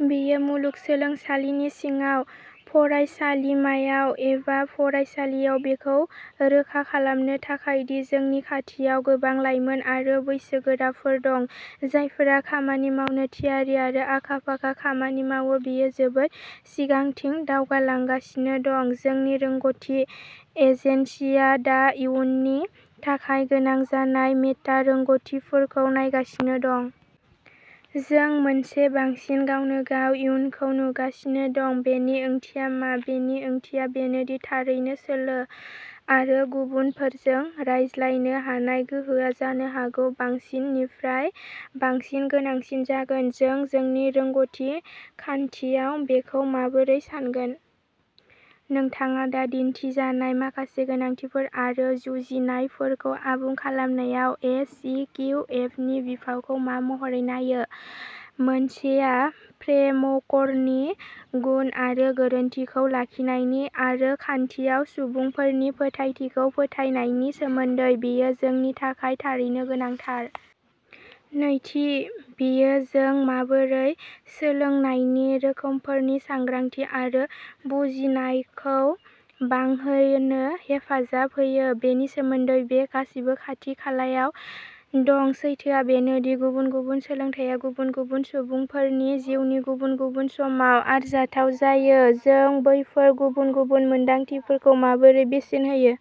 बेयो मुलुगसोलोंसालिनि सिङाव, फरायसालिमायाव एबा फरायसालियाव, बेखौ रोखा खालामनो थाखाय दि जोंनि खाथियाव गोबां लाइमोन आरो बैसोगोराफोर दं, जायफोरा खामानि मावनो थियारि आरो आखा-फाखा खामानि मावो, बेयो जोबोद सिगांथिं दावगालांगासिनो दं। जोंनि रोंग'थि एजेन्सिआ दा इयुननि थाखाय गोनां जानाय मेटा रोंग'थिफोरखौ नायगासिनो दं। जों मोनसे बांसिन गावनो-गाव इयुनखौ नुगासिनो दं, बेनि ओंथिया मा? बेनि ओंथिया बेनो दि थारैनो सोलो, आरो गुबुनफोरजों रायज्लायनो हानाय गोहोआ जानो हागौ बांसिननिफ्राय बांसिन गोनांसिन जागोन, जों जोंनि रोंग'थि खान्थियाव बेखौ माबोरै सानगोन? नोंथाङा दा दिन्थिजानाय माखासे गोनांथिफोर आरो जुजिनायफोरखौ आबुं खालामनायाव एस सि किउ एप नि बिफावखौ मा महरै नायो? मोनसेया फ्रेमवर्कनि गुन आरो गोरोनथिखौ लाखिनायनि, आरो खान्थियाव सुबुंफोरनि फोथायथिखौ फोथायनायनि सोमोन्दै। बेयो जोंनि थाखाय थारैनो गोनांथार। नैथि, बेयो जों माबोरै सोलोंनायनि रोखोमफोरनि सांग्रांथि आरो बुजिनायखौ बांहोनो हेफाजाब होयो बेनि सोमोन्दै। बे गासैबो खाथि-खालायाव दं। सैथोआ बेनो दि गुबुन-गुबुन सोलोंथाया गुबुन-गुबुन सुबुंफोरनि जिउनि गुबुन-गुबुन समाव आरजाथाव जायो। जों बैफोर गुबुन-गुबुन मोनदांथिफोरखौ माबोरै बेसेन होयो?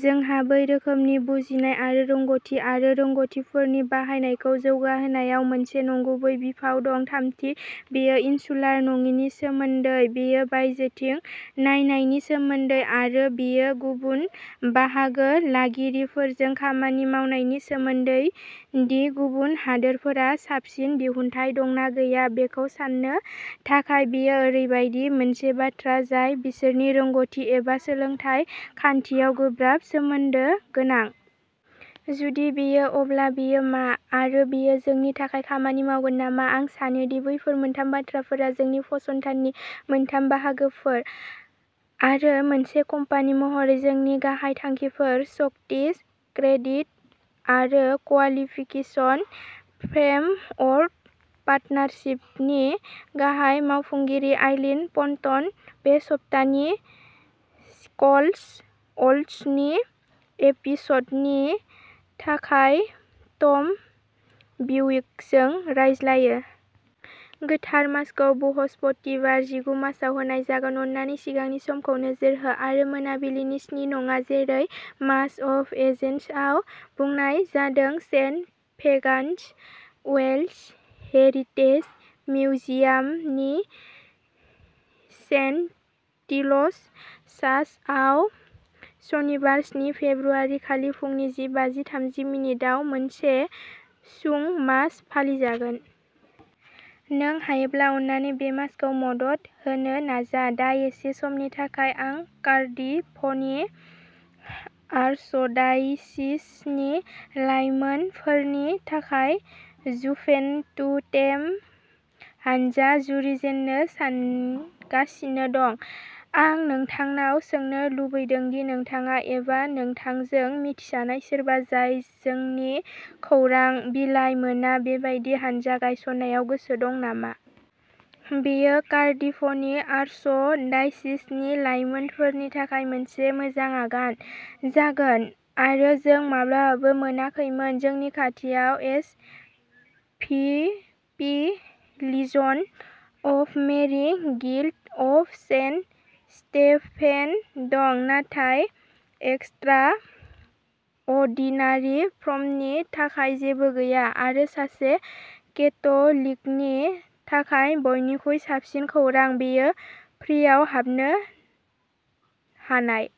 जोंहा बै रोखोमनि बुजिनाय आरो रोंग'थि आरो रोंग'थिफोरनि बाहायनायखौ जौगाहोनायाव मोनसे नंगुबै बिफाव दं। थामथि, बेयो इनसुलार नङिनि सोमोन्दै, बेयो बायजोथिं नायनायनि सोमोन्दै, आरो बेयो गुबुन बाहागो लागिरिफोरजों खामानि मावनायनि सोमोन्दै दि गुबुन हादोरफोरहा साबसिन दिहुनथाइ दंना गैया बेखौ साननो थाखाय बेयो ओरैबायदि मोनसे बाथ्रा जाय बिसोरनि रोंग'थि एबा सोलोंथाय खान्थियाव गोब्राब सोमोन्दो गोनां? जुदि बेयो, अब्ला बेयो मा, आरो बेयो जोंनि थाखाय खामानि मावगोन नामा? आं सानो दि बैफोर मोनथाम बाथ्राफोरा जोंनि फसंथाननि मोनथाम बाहागोफोर, आरो मोनसे कम्पानि महरै जोंनि गाहाय थांखिफोर। स्कटिस क्रेडिट आरो क्वालिफिकेसन फ्रेमवर्क पार्टनारशिपनि गाहाय मावफुंगिरि, आइलीन पन्टन, बे सप्तानि स्किल्स वर्ल्डनि एपिस'डनि थाखाय टम बिविकजों रायज्लायो। गोथार मासखौ बहस्पतिबार जिगु मार्चाव होनाय जागोन। अन्नानै सिगांनि समखौ नोजोर हो आरो मोनाबिलिनि स्नि नङा जेरै मास अफ एजेसआव बुंनाय जादों। सेन्ट फेगान्स वेल्श हेरिटेज मिउजियामनि सेन्ट टील'स चार्चआव सनिबार स्नि फेब्रुआरि खालि फुंनि जि बाजि थामजि मिनिट आव मोनसे सुं मास फालिजागोन। नों हायोब्ला अन्नानै बे मासखौ मदद होनो नाजा। दा एसे समनि थाखाय आं कार्डिफनि आर्चडायसिसनि लाइमोनफोरनि थाखाय जुभेन्टुटेम हानजा जुरिजेननो सानगासिनो दं। आं नोंथांनाव सोंनो लुबैदों दि नोंथाङा एबा नोंथांजों मिथिजानाय सोरबा जाय जोंनि खौरां बिलाइ मोना, बेबादि हानजा गायसननायाव गोसो दं नामा। बेयो कार्डिफनि आर्चडायसिसनि लाइमोनफोरनि थाखाय मोनसे मोजां आगान जागोन आरो जों माब्लाबाबो मोनाखैमोन। जोंनि खाथियाव SVP, लिजन of Mary, guild of Saint Stephen दं, नाथाय एक्सट्रा अर्डिनारि फ्रमनि थाखाय जेबो गैया आरो सासे केथलिकनि थाखाय बयनिख्रुइ साबसिन खौरां बेयो फ्रिआव हाबनो हानाय।